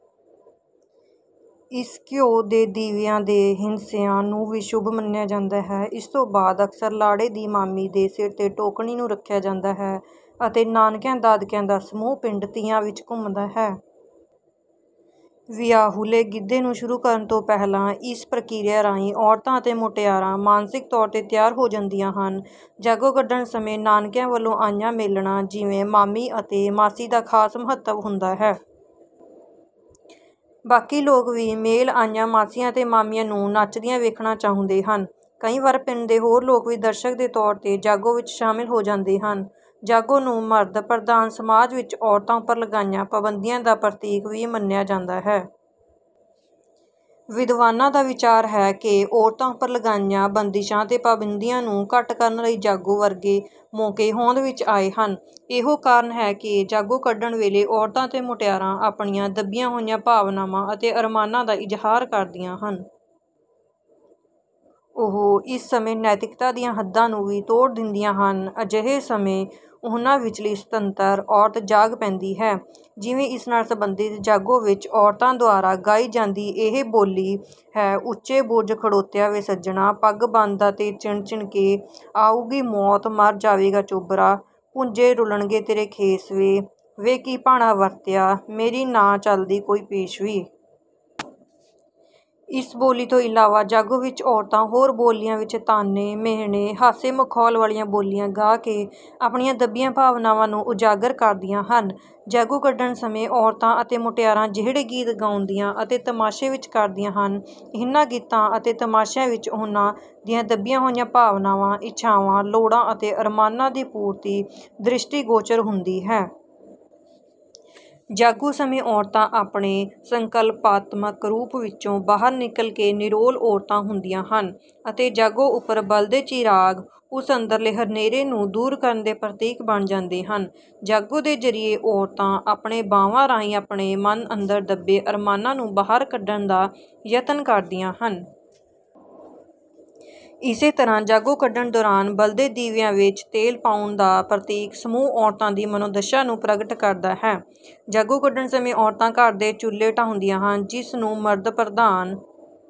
ਇਸ ਘਿਉ ਦੇ ਦੀਵਿਆਂ ਦੇ ਹਿੰਦਸਿਆਂ ਨੂੰ ਵੀ ਸ਼ੁਭ ਮੰਨਿਆ ਜਾਂਦਾ ਹੈ। ਇਸ ਤੋਂ ਬਾਅਦ ਅਕਸਰ ਲਾੜੇ ਦੀ ਮਾਮੀ ਦੇ ਸਿਰ ਤੇ ਟੋਕਣੀ ਨੂੰ ਰੱਖਿਆ ਜਾਂਦਾ ਹੈ ਅਤੇ ਨਾਨਕਿਆਂ ਦਾਦਕਿਆਂ ਦਾ ਸਮੂਹ ਪਿੰਡ ਦੀਆਂ ਵਿੱਚ ਘੁੰਮਦਾ ਹੈ। ਵਿਆਹੁਲੇ ਗਿੱਧੇ ਨੂੰ ਸ਼ੁਰੂ ਕਰਨ ਤੋਂ ਪਹਿਲਾਂ ਇਸ ਪ੍ਰਕਿਰਿਆ ਰਾਹੀਂ ਔਰਤਾਂ ਅਤੇ ਮੁਟਿਆਰਾਂ ਮਾਨਸਿਕ ਤੌਰ ਤੇ ਤਿਆਰ ਹੋ ਜਾਂਦੀਆਂ ਹਨ। ਜਾਗੋ ਕੱਢਣ ਸਮੇਂ ਨਾਨਕਿਆਂ ਵੱਲੋਂ ਆਈਆਂ ਮੇਲਣਾਂ ਜਿਵੇਂ ਮਾਮੀ ਅਤੇ ਮਾਸੀ ਦਾ ਖ਼ਾਸ ਮਹੱਤਵ ਹੁੰਦਾ ਹੈ। ਬਾਕੀ ਲੋਕ ਵੀ ਮੇਲ ਆਈਆਂ ਮਾਸੀਆਂ ਅਤੇ ਮਾਮੀਆਂ ਨੂੰ ਨੱਚਦੀਆਂ ਵੇਖਣਾ ਚਾਹੁੰਦੇ ਹਨ। ਕਈ ਵਾਰ ਪਿੰਡ ਦੇ ਹੋਰ ਲੋਕ ਵੀ ਦਰਸ਼ਕ ਦੇ ਤੌਰ ਤੇ ਜਾਗੋ ਵਿੱਚ ਸ਼ਾਮਿਲ ਹੋ ਜਾਂਦੇ ਹਨ। ਜਾਗੋ ਨੂੰ ਮਰਦ ਪ੍ਰਧਾਨ ਸਮਾਜ ਵਿੱਚ ਔਰਤਾਂ ਉੱਪਰ ਲਗਾਈਆਂ ਪਾਬੰਦੀਆਂ ਦਾ ਪ੍ਰਤੀਕ ਵੀ ਮੰਨਿਆ ਜਾਂਦਾ ਹੈ। ਵਿਦਵਾਨਾਂ ਦਾ ਵਿਚਾਰ ਹੈ ਕਿ ਔਰਤਾਂ ਉੱਪਰ ਲਗਾਈਆਂ ਬੰਦਿਸ਼ਾਂ ਅਤੇ ਪਾਬੰਦੀਆਂ ਨੂੰ ਘੱਟ ਕਰਨ ਲਈ ਜਾਗੋ ਵਰਗੇ ਮੌਕੇ ਹੋਂਦ ਵਿੱਚ ਆਏ ਹਨ। ਇਹੋ ਕਾਰਨ ਹੈ ਕਿ ਜਾਗੋ ਕੱਢਣ ਵੇਲੇ ਔਰਤਾਂ ਅਤੇ ਮੁਟਿਆਰਾਂ ਆਪਣੀਆਂ ਦੱਬੀਆਂ ਹੋਈਆਂ ਭਾਵਨਾਵਾਂ ਅਤੇ ਅਰਮਾਨਾਂ ਦਾ ਇਜ਼ਹਾਰ ਕਰਦੀਆਂ ਹਨ। ਉਹ ਇਸ ਸਮੇਂ ਨੈਤਿਕਤਾ ਦੀਆਂ ਹੱਦਾਂ ਨੂੰ ਵੀ ਤੋੜ ਦਿੰਦੀਆਂ ਹਨ। ਅਜਿਹੇ ਸਮੇਂ ਉਹਨਾਂ ਵਿਚਲੀ 'ਸੁਤੰਤਰ' ਔਰਤ ਜਾਗ ਪੈਂਦੀ ਹੈ। ਜਿਵੇਂ ਇਸ ਨਾਲ ਸੰਬੰਧਿਤ ਜਾਗੋ ਵਿੱਚ ਔਰਤਾਂ ਦੁਆਰਾ ਗਾਈ ਜਾਂਦੀ ਇਹ ਬੋਲੀ ਹੈ: ਉੱਚੇ ਬੁਰਜ ਖੜੋਤਿਆ ਵੇ ਸੱਜਣਾ, ਪੱਗ ਬੰਨ੍ਹਦਾ ਤੇ ਚਿਣ-ਚਿਣ ਕੇ, ਆਊਗੀ ਮੌਤ ਮਰ ਜਾਵੇਂਗਾ ਚੋਬਰਾ, ਭੁੰਜੇ ਰੁਲਣਗੇ ਤੇਰੇ ਖੇਸ ਵੇ, ਵੇ ਕੀ ਭਾਣਾ ਵਰਤਿਆ, ਮੇਰੀ ਨਾ ਚੱਲਦੀ ਕੋਈ ਪੇਸ਼ ਵੇ। ਇਸ ਬੋਲੀ ਤੋਂ ਇਲਾਵਾ ਜਾਗੋ ਵਿੱਚ ਔਰਤਾਂ ਹੋਰ ਬੋਲੀਆਂ ਵਿੱਚ ਤਾਅਨੇ, ਮਿਹਣੇ, ਹਾਸੇ-ਮਖੌਲ ਵਾਲੀਆਂ ਬੋਲੀਆਂ ਗਾ ਕੇ ਆਪਣੀਆਂ ਦੱਬੀਆਂ ਭਾਵਨਾਵਾਂ ਨੂੰ ਉਜਾਗਰ ਕਰਦੀਆਂ ਹਨ। ਜਾਗੋ ਕੱਢਣ ਸਮੇਂ ਔਰਤਾਂ ਅਤੇ ਮੁਟਿਆਰਾਂ ਜਿਹੜੇ ਗੀਤ ਗਾਉਂਦੀਆਂ ਅਤੇ ਤਮਾਸ਼ੇ ਕਰਦੀਆਂ ਹਨ, ਇਹਨਾਂ ਗੀਤਾਂ ਅਤੇ ਤਮਾਸ਼ਿਆਂ ਵਿੱਚ ਉਹਨਾਂ ਦੀਆਂ ਦੱਬੀਆਂ ਹੋਈਆਂ ਭਾਵਨਾਵਾਂ, ਇੱਛਾਵਾਂ, ਲੋੜਾਂ ਅਤੇ ਅਰਮਾਨਾਂ ਦੀ ਪੂਰਤੀ ਦ੍ਰਿਸ਼ਟੀਗੋਚਰ ਹੁੰਦੀ ਹੈ। ਜਾਗੋ ਸਮੇਂ ਔਰਤਾਂ ਆਪਣੇ ਸੰਕਲਪਾਤਮਕ ਰੂਪ ਵਿੱਚੋਂ ਬਾਹਰ ਨਿਕਲ ਕੇ ਨਿਰੋਲ ਔਰਤਾਂ ਹੁੰਦੀਆਂ ਹਨ ਅਤੇ ਜਾਗੋ ਉੱਪਰ ਬਲਦੇ ਚਿਰਾਗ ਉਸ ਅੰਦਰਲੇ ਹਨੇਰੇ ਨੂੰ ਦੂਰ ਕਰਨ ਦੇ ਪ੍ਰਤੀਕ ਬਣ ਜਾਂਦੇ ਹਨ। ਜਾਗੋ ਦੇ ਜ਼ਰੀਏ ਔਰਤਾਂ ਆਪਣੇ ਬਾਵਾਂ ਰਾਹੀਂ ਆਪਣੇ ਮਨ ਅੰਦਰ ਦੱਬੇ ਅਰਮਾਨਾਂ ਨੂੰ ਬਾਹਰ ਕੱਢਣ ਦਾ ਯਤਨ ਕਰਦੀਆਂ ਹਨ। ਇਸੇ ਤਰ੍ਹਾਂ ਜਾਗੋ ਕੱਢਣ ਦੌਰਾਨ ਬਲਦੇ ਦੀਵਿਆਂ ਵਿੱਚ ਤੇਲ ਪਾਉਣ ਦਾ ਪ੍ਰਤੀਕ ਸਮੂਹ ਔਰਤਾਂ ਦੀ ਮਨੋਦਸ਼ਾ ਨੂੰ ਪ੍ਰਗਟ ਕਰਦਾ ਹੈ। ਜਾਗੋ ਕੱਢਣ ਸਮੇਂ ਔਰਤਾਂ ਘਰ ਦੇ ਚੁੱਲ੍ਹੇ ਢਾਹੁੰਦੀਆਂ ਹਨ, ਜਿਸ ਨੂੰ ਮਰਦ ਪ੍ਰਧਾਨ